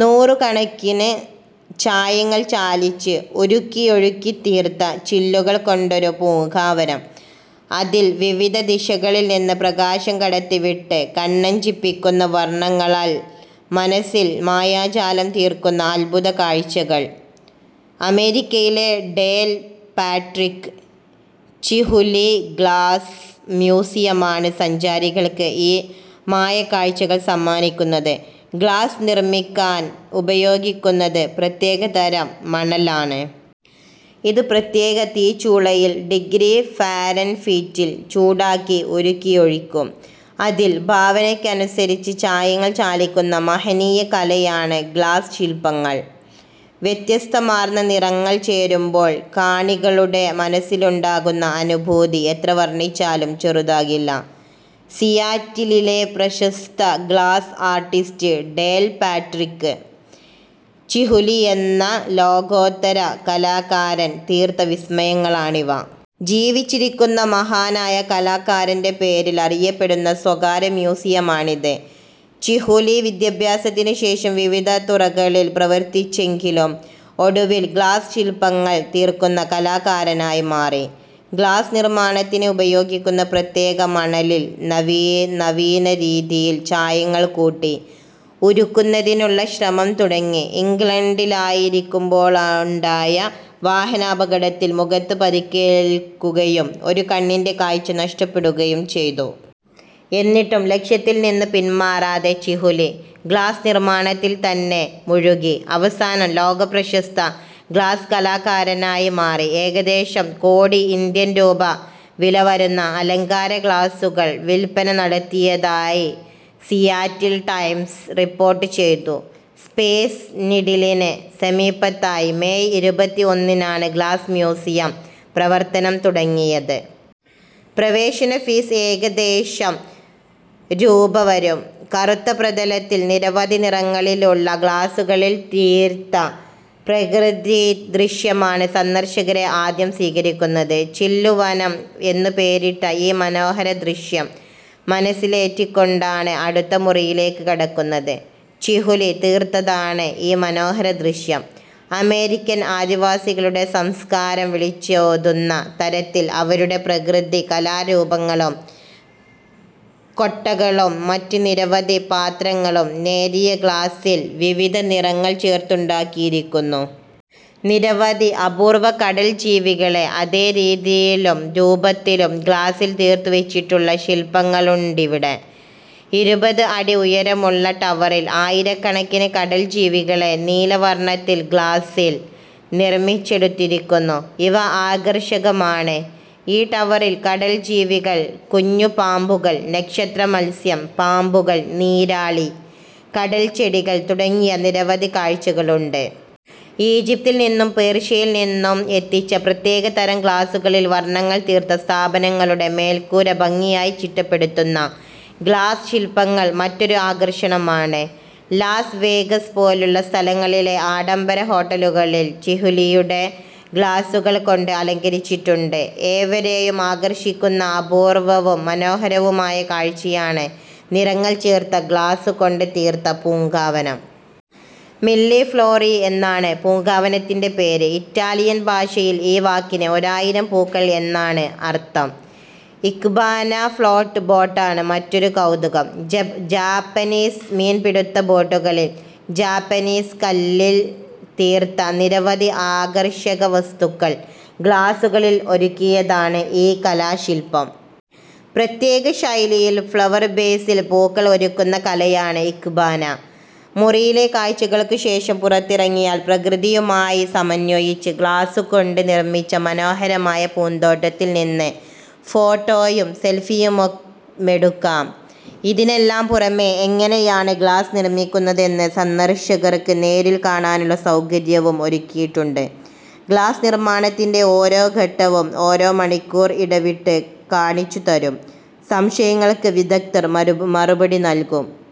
നൂറുകണക്കിന് ചായങ്ങൾ ചാലിച്ച് ഉരുക്കിയൊഴുക്കിത്തീർത്ത ചില്ലുകൾ കൊണ്ടൊരു പൂങ്കാവനം. അതിൽ വിവിധ ദിശകളിൽ നിന്ന് പ്രകാശം കടത്തിവിട്ട് കണ്ണഞ്ചിപ്പിക്കുന്ന വർണങ്ങളാൽ മനസിൽ മായാജാലം തീർക്കുന്ന അത്ഭുതക്കാഴ്ചകൾ. അമേരിക്കയിലെ ഡേൽ പാട്രിക് ചിഹുലി ഗ്ലാസ് മ്യൂസിയമാണ് സഞ്ചാരികൾക്ക് ഈ മായക്കാഴ്ചകൾ സമ്മാനിക്കുന്നത്. ഗ്ലാസ് നിർമിക്കാൻ ഉപയോഗിക്കുന്നത് പ്രത്യേകതരം മണലാണ്. ഇത് പ്രത്യേക തീച്ചൂളയിൽ ഡിഗ്രി ഫാരെൻഹീറ്റിൽ ചൂടാക്കി ഉരുക്കിയൊഴിക്കും. അതിൽ ഭാവനയ്ക്കനുസരിച്ച് ചായങ്ങൾ ചാലിക്കുന്ന മഹനീയ കലയാണ് ഗ്ലാസ് ശില്പങ്ങൽ. വ്യത്യസ്തമാർന്ന നിറങ്ങൾ ചേരുമ്പോൾ കാണികളുടെ മനസിലുണ്ടാകുന്ന അനുഭൂതി എത്ര വർണിച്ചാലും ചെറുതാകില്ല. സിയാറ്റിലിലെ പ്രശസ്ത ഗ്ലാസ് ആർടിസ്റ്റ് ഡേൽ പാട്രിക് ചിഹുലിയെന്ന ലോകോത്തര കലാകാരൻ തീർത്ത വിസ്മയങ്ങളാണിവ. ജീവിച്ചിരിക്കുന്ന മഹാനായ കലാകാരന്റെ പേരിൽ അറിയപ്പെടുന്ന സ്വകാര്യ മ്യൂസിയമാണിത്. ചിഹുലി വിദ്യാഭ്യാസത്തിനുശേഷം വിവിധ തുറകളിൽ പ്രവർത്തിച്ചെങ്കിലും ഒടുവിൽ ഗ്ലാസ് ശില്പങ്ങൾ തീർക്കുന്ന കലാകാരനായി മാറി. ഗ്ലാസ്നിർമാണത്തിന് ഉപയോഗിക്കുന്ന പ്രത്യേക മണലിൽ നവീ നവീനരീതിയിൽ ചായങ്ങൾ കൂട്ടി ഉരുക്കുന്നതിനുള്ള ശ്രമം തുടങ്ങി. ഇംഗ്ലണ്ടിലായിരിക്കുമ്പോളുണ്ടായ വാഹനാപകടത്തിൽ മുഖത്ത് പരിക്കേൽക്കുകയും ഒരു കണ്ണിന്റെ കാഴ്ച നഷ്ടപ്പെടുകയും ചെയ്തു. എന്നിട്ടും ലക്ഷ്യത്തിൽ നിന്ന് പിന്മാറാതെ ചിഹുലി ഗ്ലാസ് നിർമാണത്തിൽ തന്നെ മുഴുകി. അവസാനം ലോകപ്രശസ്ത ഗ്ലാസ് കലാകാരനായി മാറി. ഏകദേശം കോടി ഇന്ത്യൻ രൂപ വിലവരുന്ന അലങ്കാര ഗ്ലാസുകൾ വില്പന നടത്തിയതായി സിയാറ്റിൽ ടൈംസ് റിപ്പോർട്ട് ചെയ്തു. സ്പേസ് നിഡിലിന് സമീപത്തായി മേയ് ഇരുപത്തിഒന്നിനാണ് ഗ്ലാസ് മ്യൂസിയം പ്രവർത്തനം തുടങ്ങിയത്. പ്രവേശന ഫീസ് ഏകദേശം രൂപ വരും. കറുത്ത പ്രതലത്തിൽ നിരവധി നിറങ്ങളിലുള്ള ഗ്ലാസുകളിൽ തീര്ത്ത പ്രകൃതിദൃശ്യമാണ് സന്ദർശകരെ ആദ്യം സ്വീകരിക്കുന്നത്. ചില്ലുവനം എന്നുപേരിട്ട ഈ മനോഹരദൃശ്യം മനസിലേറ്റിക്കൊണ്ടാണ് അടുത്ത മുറിയിലേക്ക് കടക്കുന്നത്. ചിഹുലി തീർത്തതാണ് ഈ മനോഹര ദൃശ്യം. അമേരിക്കൻ ആദിവാസികളുടെ സംസ്കാരം വിളിച്ചോതുന്ന തരത്തിൽ അവരുടെ പ്രാകൃതകലാരൂപങ്ങളും കൊട്ടകളും മറ്റ് നിരവധി പാത്രങ്ങളും നേരിയ ഗ്ലാസിൽ വിവിധ നിറങ്ങൾ ചേർത്തുണ്ടാക്കിയിരിക്കുന്നു. നിരവധി അപൂർവ്വ കടൽ ജീവികളെ അതേരീതിയിലുംരൂപത്തിലും ഗ്ലാസിൽ തീർത്തുവെച്ചിട്ടുള്ള ശില്പങ്ങളുണ്ടിവിടെ. ഇരുപത് അടി ഉയരമുള്ള ടവറിൽ ആയിരക്കണക്കിന് കടൽ ജീവികളെ നീലവർണ്ണത്തിൽ ഗ്ലാസിൽ നിർമിച്ചെടുത്തിരിക്കുന്നു. ഇവ ആകർഷകമാണ്. ഈ ടവറിൽ കടൽ ജീവികൾ, കുഞ്ഞുപാമ്പുകൾ, നക്ഷത്ര മത്സ്യം, പാമ്പുകൾ, നീരാളി, കടൽച്ചെടികൾ തുടങ്ങിയ നിരവധി കാഴ്ചകളുണ്ട്. ഈജിപ്തിൽ നിന്നും പേർഷ്യയിൽനിന്നും എത്തിച്ച പ്രത്യേകതരം ഗ്ലാസുകളിൽ വർണ്ണങ്ങൾ തീർത്ത സ്ഥാപനങ്ങളുടെ മേൽക്കൂര ഭംഗിയായി ചിട്ടപ്പെടുത്തുന്ന ഗ്ലാസ് ശില്പങ്ങൾ മറ്റൊരു ആകർഷണമാണ്. ലാസ് വേഗസ് പോലുള്ള സ്ഥലങ്ങളിലെ ആഡംബര ഹോട്ടലുകളിൽ ചിഹുലിയുടെ ഗ്ലാസുകൾ കൊണ്ട് അലങ്കരിച്ചിട്ടുണ്ട്. ഏവരേയും ആകർശിക്കുന്ന അപൂർവ്വവും മനോഹരവുമായ കാഴ്ചയാണ് നിറങ്ങൾ ചേർത്ത ഗ്ലാസുകൊണ്ട് തീർത്ത പൂങ്കാവനം. മില്ലി ഫ്ലോറി എന്നാണ് പൂങ്കാവനത്തിന്റെ പേര്. ഇറ്റാലിയൻ ഭാഷയിൽ ഈ വാക്കിന് ഒരായിരം പൂക്കൾ എന്നാണ് അർത്ഥം. ഇക്ബാന ഫ്ളോട്ട് ബോട്ടാണ് മറ്റൊരു കൗതുകം. ജ ജാപ്പനീസ് മീൻപിടുത്ത ബോട്ടുകളിൽ, ജാപ്പനീസ് കല്ലിൽ തീർത്ത നിരവധി ആകർഷക വസ്തുക്കൾ ഗ്ലാസുകളിൽ ഒരുക്കിയതാണ് ഈ കലാശില്പം. പ്രത്യേകശൈലിയിൽ ഫ്ളവർ ബേസിൽ പൂക്കൾ ഒരുക്കുന്ന കലയാണ് ഇക്ബാന. മുറിയിലെ കാഴ്ചകൾക്കു ശേഷം പുറത്തിറങ്ങിയാൽ പ്രകൃതിയുമായി സമന്വയിച്ച് ഗ്ലാസുകൊണ്ട് നിർമ്മിച്ച മനോഹരമായ പൂന്തോട്ടത്തിൽ നിന്ന് ഫോട്ടോയും സെൽഫിയുമൊ മെടുക്കാം. ഇതിനെല്ലാം പുറമേ എങ്ങനെയാണ് ഗ്ലാസ് നിർമിക്കുന്നതെന്ന് സന്ദര്ശകർക്ക് നേരിൽ കാണാനുള്ള സൗകര്യവും ഒരുക്കിയിട്ടുണ്ട്. ഗ്ലാസ് നിർമ്മാണത്തിന്റെ ഓരോ ഘട്ടവും ഓരോ മണിക്കൂർ ഇടവിട്ട് കാണിച്ചുതരും. സംശയങ്ങൾക്ക് വിദഗ്ധർ മറുപടിയും നൽകും.